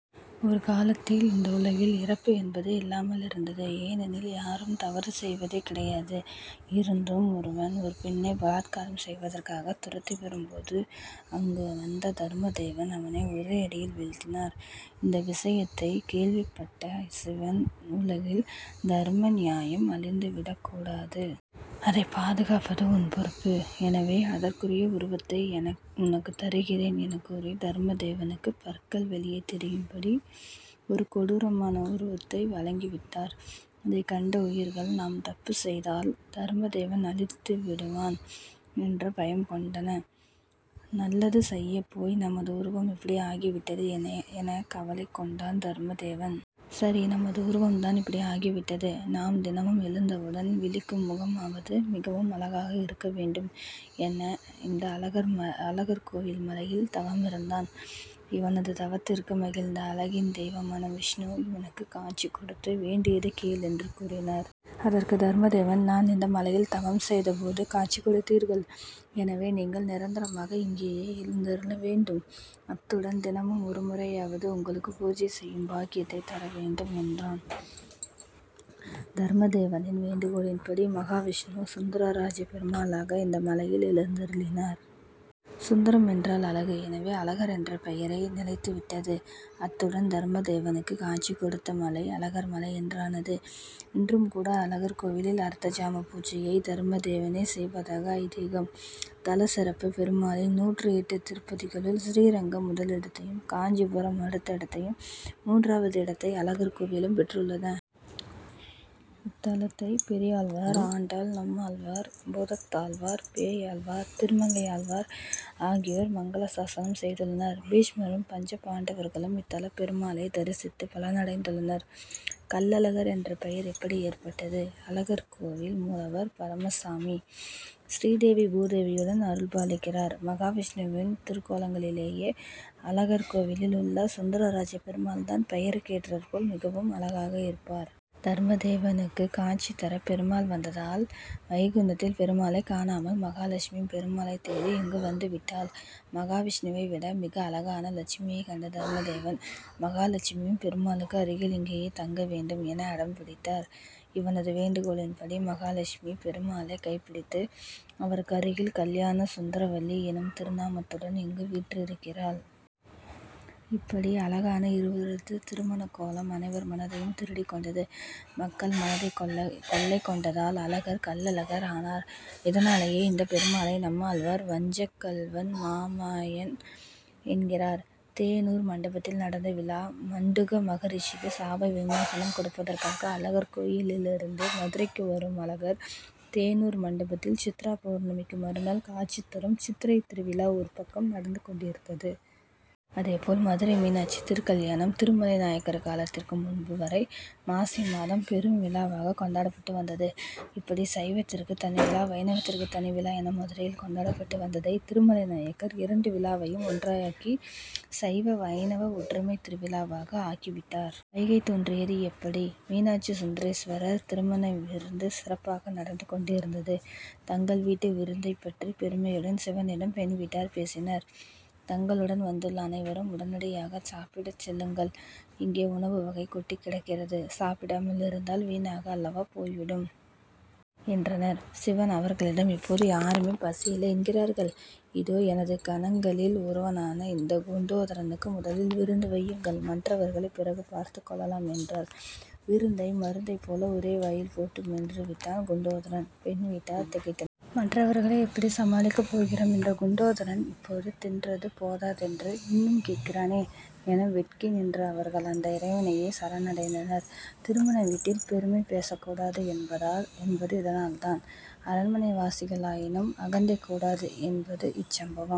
ஒரு காலத்தில் இந்த உலகில் இறப்பு என்பதே இல்லாமல் இருந்தது. ஏனெனில் யாரும் தவறு செய்வதே கிடையாது. இருந்தும் ஒருவன் ஒரு பெண்ணை பலாத்காரம் செய்வதற்காக துரத்தி வரும் போது அங்கு வந்த தர்மதேவன் அவனை ஒரே அடியில் வீழ்த்தினார். இந்த விஷயத்தை கேள்விப் பட்ட சிவன் உலகில் தர்ம நியாயம் அழிந்து விடக்கூடாது. அதை பாதுகாப்பது உன் பொறுப்பு. எனவே அதற்குரிய உருவத்தை உனக்கு தருகிறேன் என கூறி தர்மதேவனுக்கு பற்கள் வெளியே தெரியும் படி ஒரு கொடூரமான உருவத்தை வழங்கி விட்டார். இதைக்கண்ட உயிர்கள் நாம் தப்பு செய்தால் தர்மதேவன் அழித்து விடுவான் என்று பயம் கொண்டன. நல்லது செய்யப்போய் நமது உருவம் இப்படி ஆகி விட்டதே என கவலை கொண்டான் தர்மதேவன். சரி! நமது உருவம் தான் இப்படி ஆகி விட்டது. நாம் தினமும் எழுந்தவுடன் விழிக்கும் முகமாகவது மிகவும் அழகாக இருக்க வேண்டும் என இந்த அழகர்கோவில் மலையில் தவம் இருந்தான். இவனது தவத்திற்கு மகிழ்ந்த அழகின் தெய்வமான விஷ்ணு இவனுக்கு காட்சி கொடுத்து வேண்டியதை கேள் என்று கூறினார். அதற்கு தர்மதேவன் நான் இந்த மலையில் தவம் செய்த போது காட்சி கொடுத்தீர்கள். எனவே நீங்கள் நிரந்தரமாக இங்கேயே எழுந்தருளவேண்டும். அத்துடன் தினமும் ஒரு முறையாவது உங்களுக்கு பூஜை செய்யும் பாக்கியத்தை தரவேண்டும் என்றான். தர்மதேவனின் வேண்டுகோளின் படி மகாவிஷ்ணு சுந்தரராஜப்பெருமாளாக இந்த மலையில் எழுந்தருளினார். சுந்தரம் என்றால் அழகு. எனவே அழகர் என்ற பெயரே நிலைத்து விட்டது. அத்துடன் தர்மதேவனுக்கு காட்சி கொடுத்த மலை அழகர் மலை என்றானது. இன்றும் கூட அழகர்கோவிலில் அர்த்தஜாம பூஜையை தர்மதேவனே செய்வதாக ஐதீகம். தல சிறப்பு பெருமாளின் நூற்று எட்டு திருப்பதிகளுள் ஸ்ரீரங்கம் முதலிடத்தையும் காஞ்சிபுரம் அடுத்த இடத்தையும் மூன்றாவது இடத்தை அழகர்கோவிலும் பெற்றுள்ளன. இத்தலத்தை பெரியாழ்வார் ஆண்டாள் நம்மாழ்வார் பூதத்தாழ்வார் பேயாழ் வார் திருமங்கையாழ்வார் ஆகியோர் மங்களாசாசனம் செய்துள்ளனர். பீஷ்மரும் பஞ்சபாண்டவர்களும் இத்தல பெருமாளை தரிசித்து பலனடைந்துள்ளனர். கள்ளழகர் என்ற பெயர் எப்படி ஏற்பட்டது அழகர்கோவில் மூலவர் பரமசாமி. ஸ்ரீதேவி பூதேவியுடன் அருள்பாலிக்கிறார். மகாவிஷ்ணுவின் திருக்கோலங்களிலேயேஅழகர்கோவிலில் உள்ள சுந்தரராஜப்பெருமாள் தான் பெயருக் கேற்றாற் போல் மிகவும் அழகாக இருப்பார். தர்மதேவனுக்கு காட்சி தர பெருமாள் வந்ததால் வைகுண்டத்தில் பெருமாளை காணாமல் மகாலட்சுமி பெருமாளைத்தேடி இங்கு வந்துவிட்டாள். மகாவிஷ்ணுவை விட மிக அழகான லட்சுமியைக்கண்ட தர்மதேவன் மகாலட்சுமியும் பெருமாளுக்கு அருகில் இங்கேயே தங்க வேண்டும் என அடம் பிடித்தார். இவனது வேண்டுகோளின் படி மகாலட்சுமி பெருமாளை கைப்பிடித்து அவருக்கு அருகில் கல்யாண சுந்தரவல்லி எனும் திருநாமத்துடன் இங்கு வீற்றிருக்கிறாள். இப்படி அழகான இருவரது திருமணக்கோலம் அனைவர் மனதையும் திருடிக்கொண்டது. மக்கள் மனதை கொள்ளை கொண்டதால் அழகர் கள்ளழகர் ஆனார். இதனாலேயே இந்த பெருமாளை நம்மாழ்வார் வஞ்சக்கள்வன் மாமாயன் என்கிறார். தேனூர் மண்டபத்தில் நடந்த விழா மண்டூக மகரிஷிக்கு சாப விமோசனம் கொடுப்பதற்காக அழகர் கோயிலிலிருந்து மதுரைக்கு வரும் அழகர் தேனூர் மண்டபத்தில் சித்ரா பவுர்ணமிக்கு மறுநாள் காட்சி தரும் சித்திரை திருவிழா ஒருபக்கம் நடந்து கொண்டிருந்தது. அதே போல் மதுரை மீனாட்சி திருக்கல்யாணம் திருமலை நாயக்கர் காலத்திற்கு முன்பு வரை மாசிமாதம் பெரும் விழாவாக கொண்டாடப்பட்டு வந்தது. இப்படி சைவத்திற்கு தனிவிழா வைணவத்திற்கு தனி விழா என மதுரையில் கொண்டாடப்பட்டு வந்ததை திருமலை நாயக்கர் இரண்டு விழாவையும் ஒன்றாக்கி சைவ வைணவ ஒற்றுமை திருவிழாவாக ஆக்கி விட்டார். வைகை தோன்றியது எப்படி மீனாட்சி சுந்தரேஸ்வரர் திருமண விருந்து சிறப்பாக நடந்து கொண்டிருந்தது. தங்கள் வீட்டு விருந்தைப் பற்றி பெருமையுடன் சிவனிடம் பெண் வீட்டார் பேசினர். தங்களுடன் வந்துள்ள அனைவரும் உடனடியாக சாப்பிடச்சொல்லுங்கள். இங்கே உணவுவகை கொட்டிக் கிடக்கிறது. சாப்பிடாமல் இருந்தால் வீணாக அல்லவா போய் விடும்? என்றனர். சிவன் அவர்களிடம் இப்போது யாருமே பசியில்லை என்கிறார்கள். இதோ எனது கணங்களில் ஒருவனான இந்த குண்டோதரனுக்கு முதலில் விருந்து வையுங்கள். மற்றவர்களை பிறகு பார்த்துக் கொள்ளலாம் என்றார். விருந்தை மருந்தைப் போல ஒரே வாயில் போட்டு மென்று விட்டான் குண்டோதரன். பெண் வீட்டார் திகைத்தனர். மற்றவர்களை எப்படி சமாளிக்கப் போகிறோம். இந்த குண்டோதரன் இப்போது தின்றது போதாதென்று இன்னும் கேட்கிறானே என வெட்கி நின்ற அவர்கள் அந்த இறைவனையே சரணடைந்தனர். திருமண வீட்டில் பெருமை பேசக்கூடாது என்பது இதனால் தான். அரண்மனைவாசிகளாயினும் அகந்தை கூடாது என்பது இச்சம்பவம்